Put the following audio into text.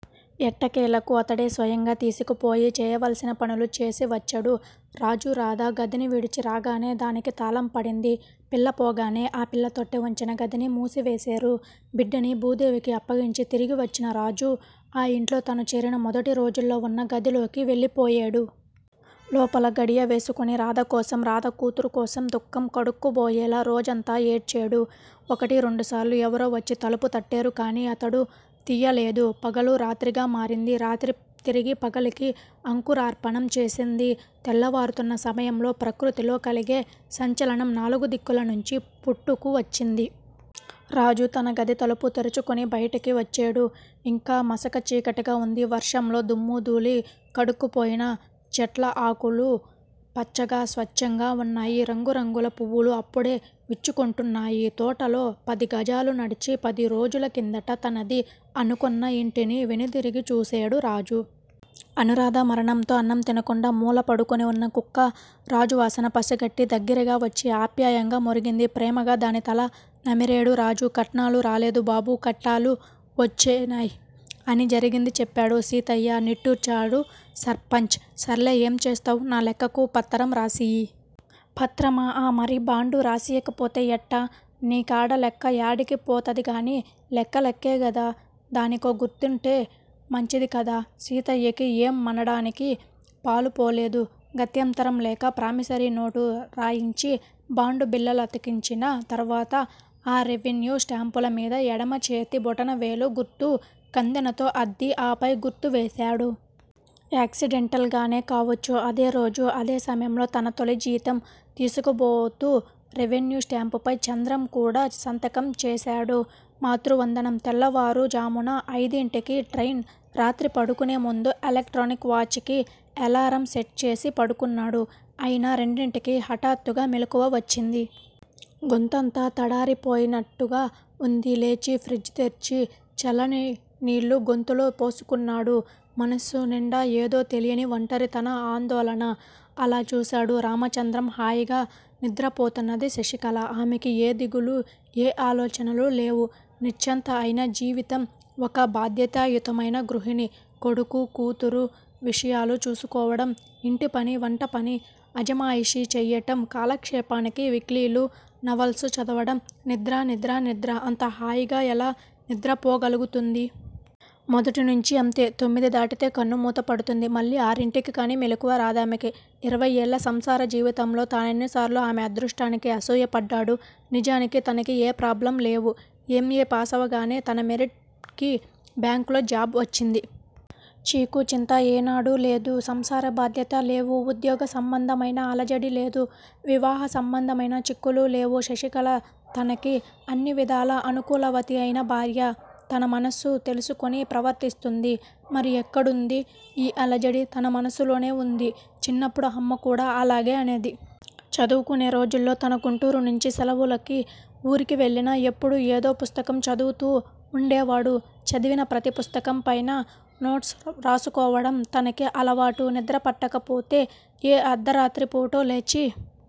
ఎట్టకేలకు అతడే స్వయంగా తీసుకుపోయి చేయవలసిన పనులు చేసివచ్చడు. రాజు రాధ గదిని విడిచి రాగానే దానికి తాళం పడింది. పిల్ల పోగానే ఆ పిల్ల తొట్టె ఉంచిన గదిని మూసివేసేరు. బిడ్డని భూదేవికి అప్పగించి తిరిగి వచ్చిన రాజు ఆ ఇంట్లో తను చేరిన మొదటిరోజుల్లో ఉన్న గదిలోకి వెళ్ళిపోయేడు. లోపల గడియవేసుకొని రాధకోసం, రాధ కూతురు కోసం దుఃఖం కడుక్కుబోయేలా రోజంతా ఏడ్చేడు. ఒకటి రెండుసార్లు ఎవరో వచ్చి తలుపు తట్టేరుకాని అతడు తియ్యలేదు. పగలు రాత్రిగా మారింది. రాత్రి తిరిగి పగలుకి అంకురార్పణం చేసింది. తెల్లవారుతున్న సమయంలో ప్రకృతిలో కలిగే సంచలనం నాలుగు దిక్కులనుంచీ పుట్టుకు వచ్చింది. రాజు తన గది తలుపు తెరుచుకొని బయటికి వచ్చేడు. ఇంకా మసక చీకటిగా ఉంది. వర్షంలో దుమ్మూ, ధూళీ కడుక్కుపోయిన చెట్ల ఆకులు పచ్చగా, స్వచ్చంగా ఉన్నాయి. రంగు రంగుల పువ్వులు అప్పుడే విచ్చుకొంటున్నాయి. తోటలో పదిగజాలు నడిచి, పదిరోజుల కిందట తనది అనుకొన్న ఇంటిని వెనుతిరిగి చూసేడు రాజు. అనూరాధ మరణంతో అన్నం తినకుండా మూల పడుకొనిఉన్న కుక్క రాజు వాసన పసికట్టి దగ్గిరగా వచ్చి ఆప్యాయంగా మొరిగింది. ప్రేమగా దాని తల నిమిరేడు రాజు. 'కట్నాలు రాలేదు బాబూ కట్టాలు వోచ్చినాయ్' అని జరిగింది చెప్పాడు సీతయ్య. నిట్టూర్చాడు సర్పంచ్. 'సర్లే! ఏం చేస్తావ్, నా లెక్కకు పత్తరం రాసియ్యి. 'పత్రమా''ఆ మరి బాండు రాసియ్యకపొతే ఎట్టా? నీ కాడా లెక్క యాడికి పోతది గానీ! లెక్క లెక్కే గదా! దానికో గుర్తుంటే మంచిది కదా! సీతయ్యకి ఏ మనడానికి పాలుపోలేదు. గత్యంతరం లేక ప్రామిసరీ నోటు రాయించి బాండు బిళ్ళలతికించిన తర్వాత ఆ రెవిన్యూ స్టాంపుల మీద ఎడమ చేతి బొటన వేలు గుర్తు కందెనతో అద్ది ఆపై గుర్తు వేశాడు. యాక్సిడెంటల్ గానే కావచ్చు. అదేరోజు అదే సమయంలో తన తొలి జీతం తిసుకోబోతు రెవిన్యూ స్టాంపు పై చంద్రం కూడా సంతకం చేశాడు. మాతృవందనం. తెల్లవారు ఝామున అయిదింటికి ట్రెయిన్ రాత్రి పడుకునే ముందు ఎలక్ట్రానిక్ వాచ్ కి ఎలారం సెట్ చేసి పడుకున్నాడు. అయినా రెండింటికి హటాత్తుగా మెలకువ వచ్చింది. గొంతంతా తడారిపోయిన్నట్టుగా వుంది. లేచి ఫ్రిజ్ తెర్చి చల్లని నీళ్ళు గొంతులో పోసుకున్నాడు. మనస్సు నిండా ఏదో తెలియని ఒంటరితన, ఆందోళన! అలా చూశాడు రామచంద్రం హాయిగా నిద్రపోతున్నది శశికళ. ఆమెకి ఏ దిగులు ఏ ఆలోచనలూ లేవు. నిశ్చింత అయిన జీవితం ఒక భాద్యతాయుతమైన గృహిణి, కొడుకు, కూతురు విషయాలు చూసుకోవటం ఇంటి పని వంటపని అజమాయిషీ చెయ్యటం కాలక్షేపానికి విక్లిలు నవల్సు చదవటం నిద్ర నిద్ర నిద్ర అంత హాయిగా ఎలా నిద్రపోగలుగుతుంది? మొదటి నుంచి అంతే! తొమ్మిది దాటితే కన్ను మూత పడుతుంది మళ్ళీ ఆరింటికి కానీ మెళుకువ రాదామెకి. ఇరవయ్యేళ్ళ సంసార జీవితంలో తానెన్ని సార్లు ఆమె అదృష్టానికి అసుయపడ్డాడు. నిజానికి తనకి ఏ ప్రాబ్లమ్ లేవు. ఎం ఏ పాసవగానే తన మెరిట్ కి బ్యాంక్ లో జాబ్ వచ్చింది. చీకు చింతా ఏనాడూ లేదు. సంసార బాధ్యత లేవు ఉద్యోగ సంబంధమైన అలజడి లేదు. వివాహ సంబంధమైన చిక్కులూ లేవు. శశికళ తనకి అన్నివిధాలా అనుకూలవతి అయిన భార్య. తన మనస్సు తెలుసుకుని ప్రవర్తిస్తుంది. మరి ఎక్కడుంది ఈ అలజడి? తన మనస్సులోనే వుంది చిన్నప్పుడు అమ్మ కూడా అలాగే అనేది. చదువుకునే రోజుల్లో తను గుంటూరు నుంచి సెలవులకి ఊరికి వెళ్ళినా ఎప్పుడూ ఏదో పుస్తకం చదువుతూ వుండేవాడు. చదివిన ప్రతి పుస్తకం పైన నోట్స్ వ్రాసుకోవడం తనకి అలవాటు నిద్రపట్టకపోతే ఏ అర్ధరాత్రి పుటో లేచి